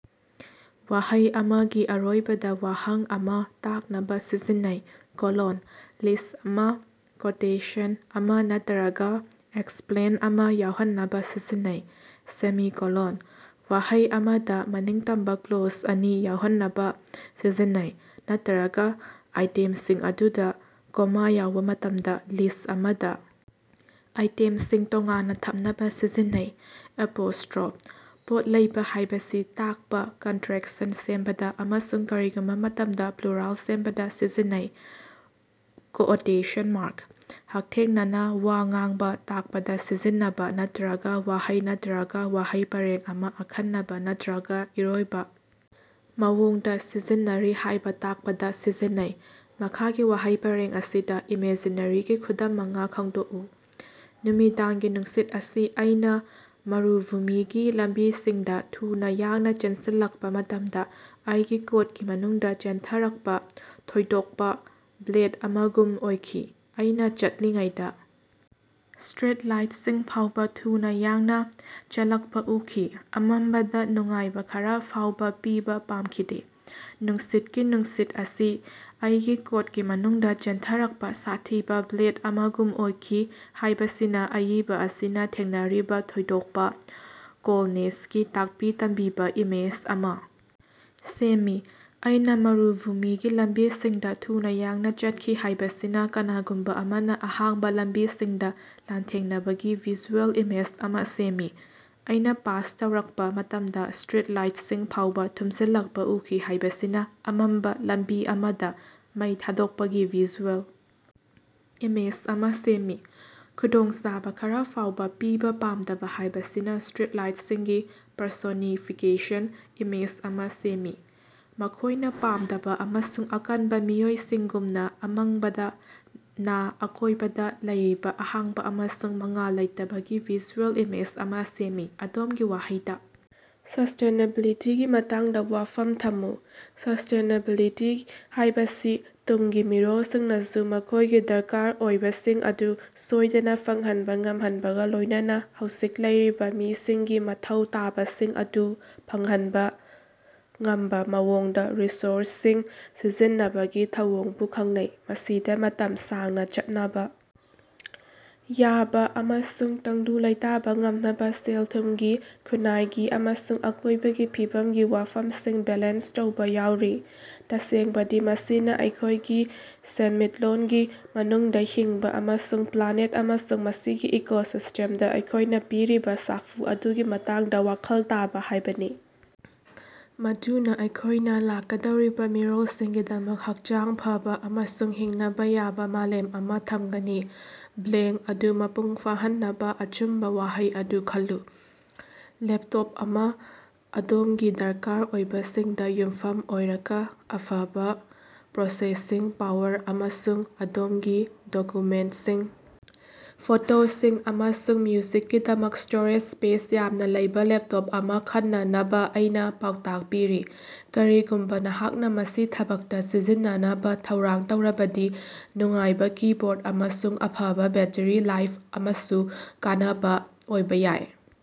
ꯋꯥꯍꯩ ꯑꯃꯒꯤ ꯑꯔꯣꯏꯕꯗ ꯋꯥꯍꯪ ꯑꯃꯥ ꯇꯥꯛꯅꯕ ꯁꯤꯖꯤꯟꯅꯩ꯫ ꯀꯣꯂꯣꯟ: ꯂꯤꯁ꯭ꯠ ꯑꯃꯥ, ꯀꯣꯇꯦꯁꯟ ꯑꯃꯥ ꯅꯠꯇꯔꯒ ꯑꯦꯛꯁꯄꯂꯦꯟ ꯑꯃꯥ ꯌꯥꯎꯍꯟꯅꯕ ꯁꯤꯖꯤꯟꯅꯩ꯫ ꯁꯦꯃꯤꯀꯣꯂꯣꯟ: ꯋꯥꯍꯩ ꯑꯃꯗ ꯃꯅꯤꯡꯇꯝꯕ ꯀ꯭ꯂꯣꯖ ꯑꯅꯤ ꯌꯥꯎꯍꯟꯅꯕ ꯁꯤꯖꯤꯟꯅꯩ, ꯅꯠꯇꯔꯒ ꯑꯥꯏꯇꯦꯝꯁꯤꯡ ꯑꯗꯨꯗ ꯀꯣꯃꯥ ꯌꯥꯎꯕ ꯃꯇꯝꯗ ꯂꯤꯁ꯭ꯠ ꯑꯃꯗ ꯑꯥꯏꯇꯦꯝꯁꯤꯡ ꯇꯣꯉꯥꯟꯅ ꯊꯝꯅꯕꯥ ꯁꯤꯖꯤꯟꯅꯩ꯫ ꯑꯦꯄꯣꯁ꯭ꯇꯔꯣꯐ: ꯄꯣꯠ ꯂꯩꯕ ꯍꯥꯏꯕꯁꯤ ꯇꯥꯛꯄꯥ, ꯀꯟꯇꯔꯦꯛꯁꯟ ꯁꯦꯝꯕꯗ, ꯑꯃꯁꯨꯡ ꯀꯔꯤꯒꯨꯝꯕ ꯃꯇꯝꯗ ꯄ꯭ꯂꯨꯔꯥꯜ ꯁꯦꯝꯕꯗ ꯁꯤꯖꯤꯟꯅꯩ꯫ ꯀꯣꯑꯣꯇꯦꯁꯟ ꯃꯥꯔꯛ: ꯍꯛꯊꯦꯡꯅꯅꯥ ꯋꯥ ꯉꯥꯡꯕꯥ ꯇꯥꯛꯄꯗ ꯁꯤꯖꯤꯟꯅꯕ, ꯅꯠꯇꯔꯒ ꯋꯥꯍꯩ ꯅꯠꯇꯔꯒ ꯋꯥꯍꯩ ꯄꯔꯦꯡ ꯑꯃꯥ ꯑꯈꯟꯅꯕ ꯅꯠꯇꯔꯒ ꯏꯔꯣꯏꯕ ꯃꯑꯣꯡꯗꯥ ꯁꯤꯖꯤꯟꯅꯔꯤ ꯍꯥꯏꯕꯥ ꯇꯥꯛꯄꯗꯥ ꯁꯤꯖꯤꯟꯅꯩ꯫ ꯃꯈꯥꯒꯤ ꯋꯥꯍꯩ ꯄꯔꯦꯡ ꯑꯁꯤꯗꯥ ꯏꯃꯦꯖꯔꯤꯒꯤ ꯈꯨꯗꯝ ꯃꯉꯥ ꯈꯪꯗꯣꯛꯎ: ꯅꯨꯃꯤꯗꯥꯡꯒꯤ ꯅꯨꯡꯁꯤꯠ ꯑꯁꯤ ꯑꯩꯅ ꯃꯔꯨꯚꯨꯃꯤꯒꯤ ꯂꯝꯕꯤꯁꯤꯡꯗꯥ ꯊꯨꯅꯥ ꯌꯥꯡꯅ ꯆꯦꯟꯁꯤꯜꯂꯛꯄꯥ ꯃꯇꯝꯗ ꯑꯩꯒꯤ ꯀꯣꯠꯀꯤ ꯃꯅꯨꯡꯗ ꯆꯦꯟꯊꯔꯛꯄ ꯊꯣꯏꯗꯣꯛꯄꯥ ꯕ꯭ꯂꯦꯗ ꯑꯃꯒꯨꯝ ꯑꯣꯏꯈꯤ꯫ ꯑꯩꯅꯥ ꯆꯠꯂꯤꯉꯩꯗ ꯁ꯭ꯇꯔꯤꯠꯂꯥꯏꯠꯁꯤꯡ ꯐꯥꯎꯕ ꯊꯨꯅꯥ ꯌꯥꯡꯅ ꯆꯦꯜꯂꯛꯄꯥ ꯎꯈꯤ, ꯑꯃꯝꯕꯗ ꯅꯨꯡꯉꯥꯏꯕ ꯈꯔꯥ ꯐꯥꯎꯕ ꯄꯤꯕ ꯄꯥꯝꯈꯤꯗꯦ꯫ ꯅꯨꯡꯁꯤꯠꯀꯤ ꯅꯨꯡꯁꯤꯠ ꯑꯁꯤ ꯑꯩꯒꯤ ꯀꯣꯠꯀꯤ ꯃꯅꯨꯡꯗꯥ ꯆꯦꯟꯊꯔꯛꯄꯥ ꯁꯥꯊꯤꯕꯥ ꯕ꯭ꯂꯦꯗ ꯑꯃꯒꯨꯝ ꯑꯣꯏꯈꯤ ꯍꯥꯏꯕꯁꯤꯅ ꯑꯏꯕ ꯑꯁꯤꯅ ꯊꯦꯡꯅꯔꯤꯕ ꯊꯣꯏꯗꯣꯛꯄ ꯀꯣꯜꯗꯅꯦꯁꯀꯤ ꯇꯥꯛꯄꯤ ꯇꯝꯕꯤꯕ ꯏꯃꯦꯖ ꯑꯃꯥ ꯁꯦꯝꯃꯤ꯫ ꯑꯩꯅꯥ ꯃꯔꯨꯚꯨꯃꯤꯒꯤ ꯂꯝꯕꯤꯁꯤꯡꯗ ꯊꯨꯅ ꯌꯥꯡꯅ ꯆꯠꯈꯤ ꯍꯥꯏꯕꯁꯤꯅ ꯀꯅꯥꯒꯨꯝꯕ ꯑꯃꯅ ꯑꯍꯥꯡꯕ ꯂꯝꯕꯤꯁꯤꯡꯗ ꯂꯥꯟꯊꯦꯡꯅꯕꯒꯤ ꯚꯤꯖꯨꯑꯦꯜ ꯏꯃꯦꯖ ꯑꯃꯥ ꯁꯦꯝꯃꯤ꯫ ꯑꯩꯅꯥ ꯄꯥꯁ ꯇꯧꯔꯛꯄ ꯃꯇꯝꯗ ꯁ꯭ꯇꯔꯤꯠ ꯂꯥꯏꯠꯁꯤꯡ ꯐꯥꯎꯕ ꯊꯨꯝꯖꯤꯜꯂꯛꯄ ꯎꯈꯤ ꯍꯥꯏꯕꯁꯤꯅ ꯑꯃꯝꯕ ꯂꯝꯕꯤ ꯑꯃꯗ ꯃꯩ ꯊꯥꯗꯣꯛꯄꯒꯤ ꯚꯤꯖꯨꯑꯦꯜ ꯏꯃꯦꯖ ꯑꯃꯥ ꯁꯦꯝꯃꯤ꯫ ꯈꯨꯗꯣꯡꯆꯥꯕ ꯈꯔꯥ ꯐꯥꯎꯕ ꯄꯤꯕ ꯄꯥꯝꯗꯕ ꯍꯥꯏꯕꯁꯤꯅ ꯁ꯭ꯇꯔꯤꯠꯂꯥꯏꯠꯁꯤꯡꯒꯤ ꯄꯔꯁꯣꯅꯤꯐꯤꯀꯦꯁꯟ ꯏꯃꯦꯖ ꯑꯃꯥ ꯁꯦꯝꯃꯤ, ꯃꯈꯣꯏꯅꯥ ꯄꯥꯝꯗꯕ ꯑꯃꯁꯨꯡ ꯑꯀꯟꯕ ꯃꯤꯑꯣꯏꯁꯤꯡꯒꯨꯝꯅꯥ꯫ ꯑꯃꯪꯕꯗꯥ ꯅꯥ ꯑꯀꯣꯏꯕꯗ ꯂꯩꯔꯤꯕ ꯑꯍꯥꯡꯕ ꯑꯃꯁꯨꯡ ꯃꯉꯥꯜ ꯂꯩꯇꯕꯒꯤ ꯚꯤꯖꯨꯑꯦꯜ ꯏꯃꯦꯖ ꯑꯃꯥ ꯁꯦꯝꯃꯤ꯫ ꯑꯗꯣꯝꯒꯤ ꯋꯥꯍꯩꯗ, ꯁꯁ꯭ꯇꯦꯅꯦꯕꯤꯂꯤꯇꯤꯒꯤ ꯃꯇꯥꯡꯗ ꯋꯥꯐꯝ ꯊꯝꯃꯨ꯫ ꯁꯁ꯭ꯇꯦꯅꯦꯕꯤꯂꯤꯇꯤ ꯍꯥꯏꯕꯁꯤ ꯇꯨꯡꯒꯤ ꯃꯤꯔꯣꯜꯁꯤꯡꯅꯁꯨ ꯃꯈꯣꯏꯒꯤ ꯗꯔꯀꯥꯔ ꯑꯣꯏꯕꯁꯤꯡ ꯑꯗꯨ ꯁꯣꯏꯗꯅ ꯐꯪꯍꯟꯕ ꯉꯝꯍꯟꯕꯒ ꯂꯣꯏꯅꯅꯥ ꯍꯧꯖꯤꯛ ꯂꯩꯔꯤꯕ ꯃꯤꯁꯤꯡꯒꯤ ꯃꯊꯧ ꯇꯥꯕꯁꯤꯡ ꯑꯗꯨ ꯐꯪꯍꯟꯕ ꯉꯝꯕ ꯃꯑꯣꯡꯗ ꯔꯤꯁꯣꯔꯁꯁꯤꯡ ꯁꯤꯖꯤꯟꯅꯕꯒꯤ ꯊꯧꯑꯣꯡꯕꯨ ꯈꯪꯅꯩ꯫ ꯃꯁꯤꯗ ꯃꯇꯝ ꯁꯥꯡꯅ ꯆꯠꯅꯕ ꯌꯥꯕ ꯑꯃꯁꯨꯡ ꯇꯪꯗꯨ ꯂꯩꯇꯥꯕ ꯉꯝꯅꯕ ꯁꯦꯜ-ꯊꯨꯝꯒꯤ, ꯈꯨꯟꯅꯥꯏꯒꯤ ꯑꯃꯁꯨꯡ ꯑꯀꯣꯏꯕꯒꯤ ꯐꯤꯕꯝꯒꯤ ꯋꯥꯐꯝꯁꯤꯡ ꯕꯦꯂꯦꯟꯁ ꯇꯧꯕ ꯌꯥꯎꯔꯤ꯫ ꯇꯁꯦꯡꯕꯗꯤ ꯃꯁꯤꯅꯥ ꯑꯩꯈꯣꯏꯒꯤ ꯁꯦꯟꯃꯤꯠꯂꯣꯟꯒꯤ ꯃꯅꯨꯡꯗ ꯍꯤꯡꯕ ꯑꯃꯁꯨꯡ ꯄ꯭ꯂꯥꯅꯦꯠ ꯑꯃꯁꯨꯡ ꯃꯁꯤꯒꯤ ꯏꯀꯣꯁꯤꯁ꯭ꯇꯦꯝꯗ ꯑꯩꯈꯣꯏꯅꯥ ꯄꯤꯔꯤꯕ ꯁꯥꯐꯨ ꯑꯗꯨꯒꯤ ꯃꯇꯥꯡꯗ ꯋꯥꯈꯜ ꯇꯥꯕ ꯍꯥꯏꯕꯅꯤ, ꯃꯗꯨꯅ ꯑꯩꯈꯣꯏꯅ ꯂꯥꯛꯀꯗꯧꯔꯤꯕ ꯃꯤꯔꯣꯜꯁꯤꯡꯒꯤꯗꯃꯛ ꯍꯛꯆꯥꯡ ꯐꯕꯥ ꯑꯃꯁꯨꯡ ꯍꯤꯡꯅꯕ ꯌꯥꯕ ꯃꯥꯂꯦꯝ ꯑꯃꯥ ꯊꯝꯒꯅꯤ꯫ ꯕ꯭ꯂꯦꯡ ꯑꯗꯨ ꯃꯄꯨꯡ ꯐꯥꯍꯟꯅꯕꯥ ꯑꯆꯨꯝꯕꯥ ꯋꯥꯍꯩ ꯑꯗꯨ ꯈꯜꯂꯨ꯫ ꯂꯦꯞꯇꯣꯞ ꯑꯃ꯫ ꯑꯗꯣꯝꯒꯤ ꯗꯔꯀꯥꯔ ꯑꯣꯏꯕꯁꯤꯡꯗꯥ ꯌꯨꯝꯐꯝ ꯑꯣꯏꯔꯒꯥ, ꯑꯐꯕ ꯄ꯭ꯔꯣꯁꯦꯁꯤꯡ ꯄꯥꯋꯔ ꯑꯃꯁꯨꯡ ꯑꯗꯣꯝꯒꯤ ꯗꯣꯀꯨꯃꯦꯟꯇꯁꯤꯡ, ꯐꯣꯇꯣꯁꯤꯡ, ꯑꯃꯁꯨꯡ ꯃ꯭ꯌꯨꯖꯤꯛꯀꯤꯗꯃꯛ ꯁ꯭ꯇꯣꯔꯦꯖ ꯁ꯭ꯄꯦꯁ ꯌꯥꯝꯅ ꯂꯩꯕ ꯂꯦꯞꯇꯣꯞ ꯑꯃꯥ ꯈꯟꯅꯅꯕ ꯑꯩꯅ ꯄꯥꯎꯇꯥꯛ ꯄꯤꯔꯤ꯫ ꯀꯔꯤꯒꯨꯝꯕ ꯅꯍꯥꯛꯅ ꯃꯁꯤ ꯊꯕꯛꯇ ꯁꯤꯖꯤꯟꯅꯅꯕ ꯊꯧꯔꯥꯡ ꯇꯧꯔꯕꯗꯤ, ꯅꯨꯡꯉꯥꯏꯕ ꯀꯤꯕꯣꯔꯗ ꯑꯃꯁꯨꯡ ꯑꯐꯕꯥ ꯕꯦꯠꯇꯔꯤ ꯂꯥꯏꯐ ꯑꯃꯁꯨ ꯀꯥꯟꯅꯕ ꯑꯣꯏꯕ ꯌꯥꯏ꯫